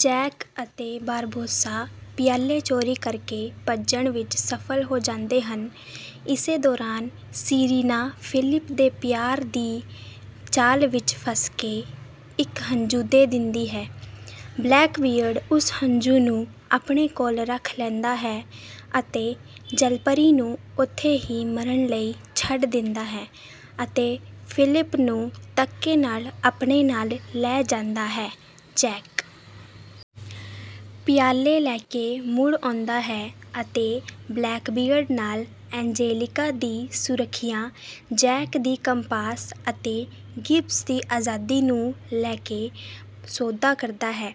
Jack ਅਤੇ Barbossa ਪਿਆਲੇ ਚੋਰੀ ਕਰਕੇ ਭੱਜਣ ਵਿੱਚ ਸਫਲ ਹੋ ਜਾਂਦੇ ਹਨ। ਇਸੇ ਦੌਰਾਨ ਸੀਰੀਨਾ, ਫਿਲਿਪ ਦੇ ਪਿਆਰ ਦੀ ਚਾਲ ਵਿੱਚ ਫਸ ਕੇ ਇੱਕ ਹੰਝੂ ਦੇ ਦਿੰਦੀ ਹੈ। ਬਲੈਕਬੀਅਰਡ ਉਸ ਹੰਝੂ ਨੂੰ ਆਪਣੇ ਕੋਲ ਰੱਖ ਲੈਂਦਾ ਹੈ ਅਤੇ ਜਲਪਰੀ ਨੂੰ ਉੱਥੇ ਹੀ ਮਰਨ ਲਈ ਛੱਡ ਦਿੰਦਾ ਹੈ ਅਤੇ ਫਿਲਿਪ ਨੂੰ ਧੱਕੇ ਨਾਲ ਆਪਣੇ ਨਾਲ ਲੈ ਜਾਂਦਾ ਹੈ। ਜੈਕ ਪਿਆਲੇ ਲੈ ਕੇ ਮੁੜ ਆਉਂਦਾ ਹੈ ਅਤੇ ਬਲੈਕਬੀਅਰਡ ਨਾਲ ਐਂਜੇਲੀਕਾ ਦੀ ਸੁਰੱਖਿਆ, ਜੈਕ ਦੀ ਕੰਪਾਸ ਅਤੇ ਗਿੱਬਸ ਦੀ ਆਜ਼ਾਦੀ ਨੂੰ ਲੈ ਕੇ ਸੌਦਾ ਕਰਦਾ ਹੈ।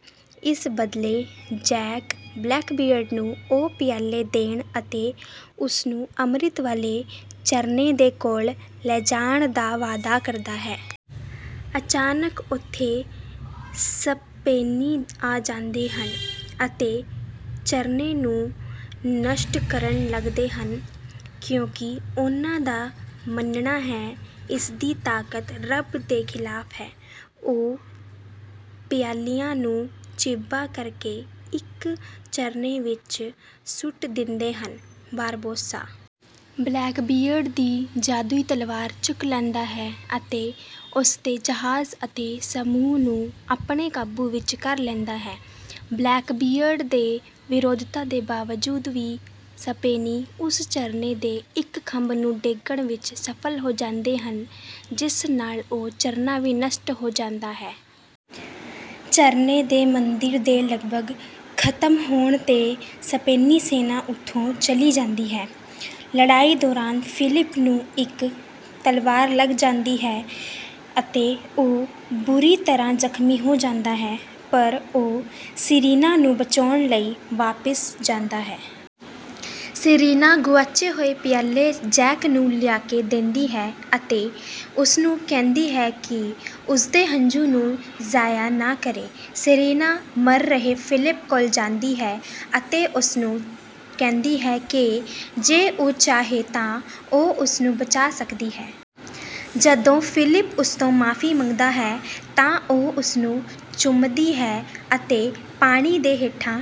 ਇਸ ਬਦਲੇ ਜੈਕ ਬਲੈਕਬੀਅਰਡ ਨੂੰ ਉਹ ਪਿਆਲੇ ਦੇਣ ਅਤੇ ਉਸਨੂੰ ਅਮ੍ਰਿਤ ਵਾਲੇ ਝਰਨੇ ਦੇ ਕੋਲ ਲਿਜਾਣ ਦਾ ਵਾਅਦਾ ਕਰਦਾ ਹੈ। ਅਚਾਨਕ ਉੱਥੇ ਸਪੇਨੀ ਆ ਜਾਂਦੇ ਹਨ ਅਤੇ ਝਰਨੇ ਨੂੰ ਨਸ਼ਟ ਕਰਨ ਲੱਗਦੇ ਹਨ, ਕਿਉਂਕਿ ਉਹਨਾਂ ਦਾ ਮੰਨਣਾ ਹੈ ਇਸਦੀ ਤਾਕਤ ਰੱਬ ਦੇ ਖ਼ਿਲਾਫ਼ ਹੈ। ਉਹ ਪਿਆਲਿਆਂ ਨੂੰ ਚਿੱਬਾ ਕਰਕੇ ਇੱਕ ਝਰਨੇ ਵਿੱਚ ਸੁੱਟ ਦਿੰਦੇ ਹਨ। ਬਾਰਬੋਸਾ ਬਲੈਕਬੀਅਰਡ ਦੀ ਜਾਦੂਈ ਤਲਵਾਰ ਚੁੱਕ ਲੈਂਦਾ ਹੈ ਅਤੇ ਉਸਦੇ ਜਹਾਜ਼ ਅਤੇ ਸਮੂਹ ਨੂੰ ਆਪਣੇ ਕਾਬੂ ਵਿੱਚ ਕਰ ਲੈਂਦਾ ਹੈ। ਬਲੈਕਬੀਅਰਡ ਦੇ ਵਿਰੋਧਤਾ ਦੇ ਬਾਵਜੂਦ ਵੀ ਸਪੇਨੀ ਉਸ ਝਰਨੇ ਦੇ ਇੱਕ ਥੰਮ ਨੂੰ ਡੇਗਣ ਵਿੱਚ ਸਫਲ ਹੋ ਜਾਂਦੇ ਹਨ, ਜਿਸ ਨਾਲ ਉਹ ਝਰਨਾ ਵੀ ਨਸ਼ਟ ਹੋ ਜਾਂਦਾ ਹੈ। ਝਰਨੇ ਦੇ ਮੰਦਿਰ ਦੇ ਲਗਭਗ ਖ਼ਤਮ ਹੋਣ ਤੇ ਸਪੇਨੀ ਸੈਨਾ ਉੱਥੋਂ ਚਲੀ ਜਾਂਦੀ ਹੈ। ਲੜਾਈ ਦੌਰਾਨ ਫਿਲਿਪ ਨੂੰ ਇੱਕ ਤਲਵਾਰ ਲੱਗ ਜਾਂਦੀ ਹੈ ਅਤੇ ਉਹ ਬੁਰੀ ਤਰ੍ਹਾਂ ਜ਼ਖ਼ਮੀ ਹੋ ਜਾਂਦਾ ਹੈ, ਪਰ ਉਹ ਸੀਰੀਨਾ ਨੂੰ ਬਚਾਉਣ ਲਈ ਵਾਪਿਸ ਜਾਂਦਾ ਹੈ। ਸੀਰੀਨਾ ਗੁਆਚੇ ਹੋਏ ਪਿਆਲੇ ਜੈਕ ਨੂੰ ਲਿਆ ਕੇ ਦਿੰਦੀ ਹੈ ਅਤੇ ਉਸਨੂੰ ਕਹਿੰਦੀ ਹੈ ਕਿ ਉਸਦੇ ਹੰਝੂ ਨੂੰ ਜ਼ਾਇਆ ਨਾ ਕਰੇ। ਸੀਰੀਨਾ ਮਰ ਰਹੇ ਫਿਲਿਪ ਕੋਲ ਜਾਂਦੀ ਹੈ ਅਤੇ ਉਸਨੂੰ ਕਹਿੰਦੀ ਹੈ ਕਿ ਜੇ ਉਹ ਚਾਹੇ ਤਾਂ ਉਹ ਉਸਨੂੰ ਬਚਾ ਸਕਦੀ ਹੈ। ਜਦੋਂ ਫਿਲਿਪ ਉਸਤੋਂ ਮਾਫ਼ੀ ਮੰਗਦਾ ਹੈ ਤਾਂ ਉਹ ਉਸਨੂੰ ਚੁੰਮਦੀ ਹੈ ਅਤੇ ਪਾਣੀ ਦੇ ਹੇਠਾਂ...